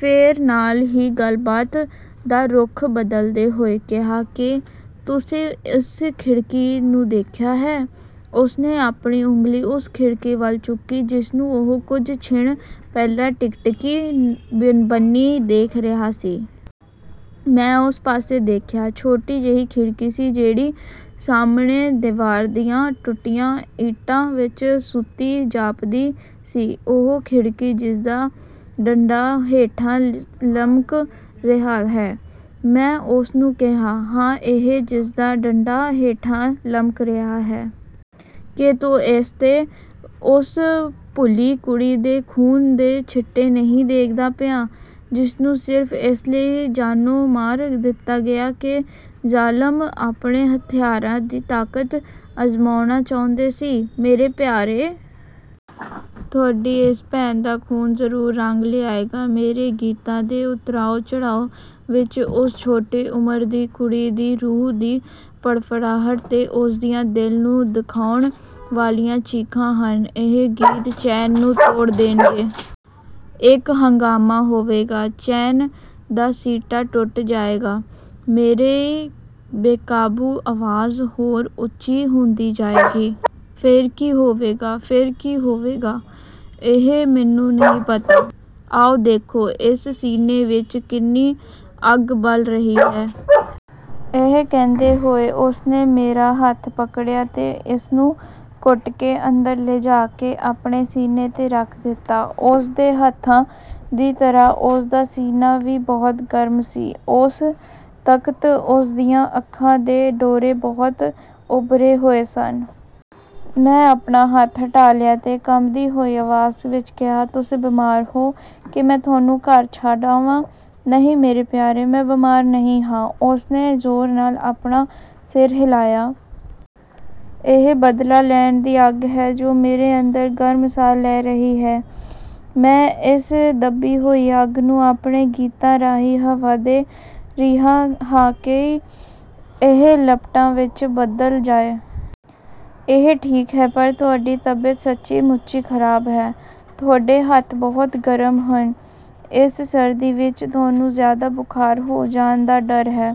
ਫੇਰ ਨਾਲ ਹੀ ਗੱਲਬਾਤ ਦਾ ਰੁਖ਼ ਬਦਲਦੇ ਹੋਏ ਕਿਹਾ, ਕੀ ਤੁਸੀਂ ਇਸ ਖਿੜਕੀ ਨੂੰ ਦੇਖਿਆ ਹੈ? ਉਸ ਨੇ ਆਪਣੀ ਉਂਗਲੀ ਉਸ ਖਿੜਕੀ ਵੱਲ ਚੁੱਕੀ ਜਿਸਨੂੰ ਉਹ ਕੁਝ ਛਿਣ ਪਹਿਲਾਂ ਟਿਕਟਿਕੀ ਬੰਨ੍ਹੀ ਦੇਖ ਰਿਹਾ ਸੀ। ਮੈਂ ਓਸ ਪਾਸੇ ਦੇਖਿਆ। ਛੋਟੀ ਜਿਹੀ ਖਿੜਕੀ ਸੀ ਜਿਹੜੀ ਸਾਹਮਣੇ ਦੀਵਾਰ ਦੀਆਂ ਟੁੱਟੀਆਂ ਇੱਟਾਂ ਵਿਚ ਸੁੱਤੀ ਜਾਪਦੀ ਸੀ। ਓਹ ਖਿੜਕੀ ਜਿਸਦਾ ਡੰਡਾ ਹੇਠਾਂ ਲਮਕ ਰਿਹਾ ਹੈ? ਮੈਂ ਉਸ ਨੂੰ ਕਿਹਾ। ਹਾਂ ਇਹੀ, ਜਿਸਦਾ ਡੰਡਾ ਹੇਠਾਂ ਲਮਕ ਰਿਹਾ ਹੈ। ਕੀ ਤੂੰ ਇਸ ’ਤੇ ਉਸ ਭੋਲੀ ਕੁੜੀ ਦੇ ਖੂਨ ਦੇ ਛਿੱਟੇ ਨਹੀਂ ਦੇਖਦਾ ਪਿਆ, ਜਿਸਨੂੰ ਸਿਰਫ਼ ਇਸ ਲਈ ਜਾਨੋਂ ਮਾਰ ਦਿੱਤਾ ਗਿਆ ਕਿ ਜ਼ਾਲਮ ਆਪਣੇ ਹਥਿਆਰਾਂ ਦੀ ਤਾਕਤ ਅਜ਼ਮਾਉਣਾ ਚਾਹੁੰਦਾ ਸੀ, ਮੇਰੇ ਪਿਆਰੇ। ਤੁਹਾਡੀ ਇਸ ਭੈਣ ਦਾ ਖ਼ੂਨ ਜ਼ਰੂਰ ਰੰਗ ਲਿਆਏਗਾ। ਮੇਰੇ ਗੀਤਾਂ ਦੇ ਉਤਰਾਅ-ਚੜ੍ਹਾਅ ਵਿੱਚ ਉਸ ਛੋਟੀ ਉਮਰ ਦੀ ਕੁੜੀ ਦੀ ਰੂਹ ਦੀ ਫੜਫੜਾਹਟ ਤੇ ਉਸ ਦੀਆਂ ਦਿਲ ਨੂੰ ਦੁਖਾਉਣ ਵਾਲੀਆਂ ਚੀਖਾਂ ਹਨ। ਇਹ ਗੀਤ ਚੈਨ ਨੂੰ ਤੋੜ ਦੇਣਗੇ। ਇੱਕ ਹੰਗਾਮਾ ਹੋਵੇਗਾ। ਚੈਨ ਦਾ ਸੀਨਾ ਟੁੱਟ ਜਾਏਗਾ। ਮੇਰੀ ਬੇਕਾਬੂ ਆਵਾਜ਼ ਹੋਰ ਉੱਚੀ ਹੁੰਦੀ ਜਾਏਗੀ। ਫਿਰ ਕੀ ਹੋਵੇਗਾ? ਫਿਰ ਕੀ ਹੋਵੇਗਾ? ਇਹ ਮੈਨੂੰ ਨਹੀਂ ਪਤਾ। ਆਓ, ਦੇਖੋ, ਇਸ ਸੀਨੇ ਵਿੱਚ ਕਿੰਨੀ ਅੱਗ ਬਲ ਰਹੀ ਹੈ। ਇਹ ਕਹਿੰਦੇ ਹੋਏ ਉਸ ਨੇ ਮੇਰਾ ਹੱਥ ਪਕੜਿਆ ਤੇ ਇਸਨੂੰ ਕੋਟ ਦੇ ਅੰਦਰ ਲਿਜਾ ਕੇ ਆਪਣੇ ਸੀਨੇ ’ਤੇ ਰੱਖ ਦਿੱਤਾ। ਉਸ ਦੇ ਹੱਥਾਂ ਦੀ ਤਰ੍ਹਾਂ ਉਸਦਾ ਸੀਨਾ ਵੀ ਬਹੁਤ ਗਰਮ ਸੀ। ਉਸ ਵਕਤ ਉਸ ਦੀਆਂ ਅੱਖਾਂ ਦੇ ਡੋਰੇ ਬਹੁਤ ਉੱਭਰੇ ਹੋਏ ਸਨ। ਮੈਂ ਆਪਣਾ ਹੱਥ ਹਟਾ ਲਿਆ ਤੇ ਕੰਬਦੀ ਹੋਈ ਆਵਾਜ਼ ਵਿੱਚ ਕਿਹਾ, ਤੁਸੀਂ ਬਿਮਾਰ ਹੋ। ਕੀ ਮੈਂ ਤੁਹਾਨੂੰ ਘਰ ਛੱਡ ਆਵਾਂ? ਨਹੀਂ ਮੇਰੇ ਪਿਆਰੇ, ਮੈਂ ਬਿਮਾਰ ਨਹੀਂ ਹਾਂ। ਉਸ ਨੇ ਜ਼ੋਰ ਨਾਲ ਆਪਣਾ ਸਿਰ ਹਿਲਾਇਆ। ਇਹ ਬਦਲਾ ਲੈਣ ਦੀ ਅੱਗ ਹੈ ਜੋ ਮੇਰੇ ਅੰਦਰ ਗਰਮ ਸਾਹ ਲੈ ਰਹੀ ਹੈ। ਮੈਂ ਇਸ ਦੱਬੀ ਹੋਈ ਅੱਗ ਨੂੰ ਆਪਣੇ ਗੀਤਾਂ ਰਾਹੀਂ ਹਵਾ ਦੇ ਰਿਹਾ ਹਾਂ ਕਿ ਇਹ ਲਪਟਾਂ ਵਿੱਚ ਬਦਲ ਜਾਏ। ਇਹ ਠੀਕ ਹੈ ਪਰ ਤੁਹਾਡੀ ਤਬੀਅਤ ਸੱਚੀਂ-ਮੁੱਚੀਂ ਖਰਾਬ ਹੈ। ਤੁਹਾਡੇ ਹੱਥ ਬਹੁਤ ਗਰਮ ਹਨ। ਇਸ ਸਰਦੀ ਵਿੱਚ ਤੁਹਾਨੂੰ ਜ਼ਿਆਦਾ ਬੁਖਾਰ ਹੋ ਜਾਣ ਦਾ ਡਰ ਹੈ।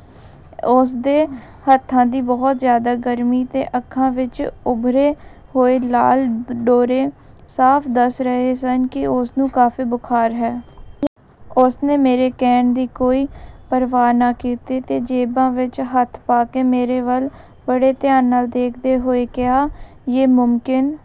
ਉਸ ਦੇ ਹੱਥਾਂ ਦੀ ਬਹੁਤ ਜ਼ਿਆਦਾ ਗਰਮੀ ਤੇ ਅੱਖਾਂ ਵਿੱਚ ਉੱਭਰੇ ਹੋਏ ਲਾਲ ਡੋਰੇ ਸਾਫ਼ ਦੱਸ ਰਹੇ ਸਨ ਕਿ ਉਸਨੂੰ ਕਾਫ਼ੀ ਬੁਖਾਰ ਹੈ। ਉਸ ਨੇ ਮੇਰੇ ਕਹਿਣ ਦੀ ਕੋਈ ਪਰਵਾਹ ਨਾ ਕੀਤੀ ਤੇ ਜੇਬਾਂ ਵਿੱਚ ਹੱਥ ਪਾ ਕੇ ਮੇਰੇ ਵੱਲ ਬੜੇ ਧਿਆਨ ਨਾਲ ਦੇਖਦੇ ਹੋਏ ਕਿਹਾ, ਯੇ ਮੁਮਕਿਨ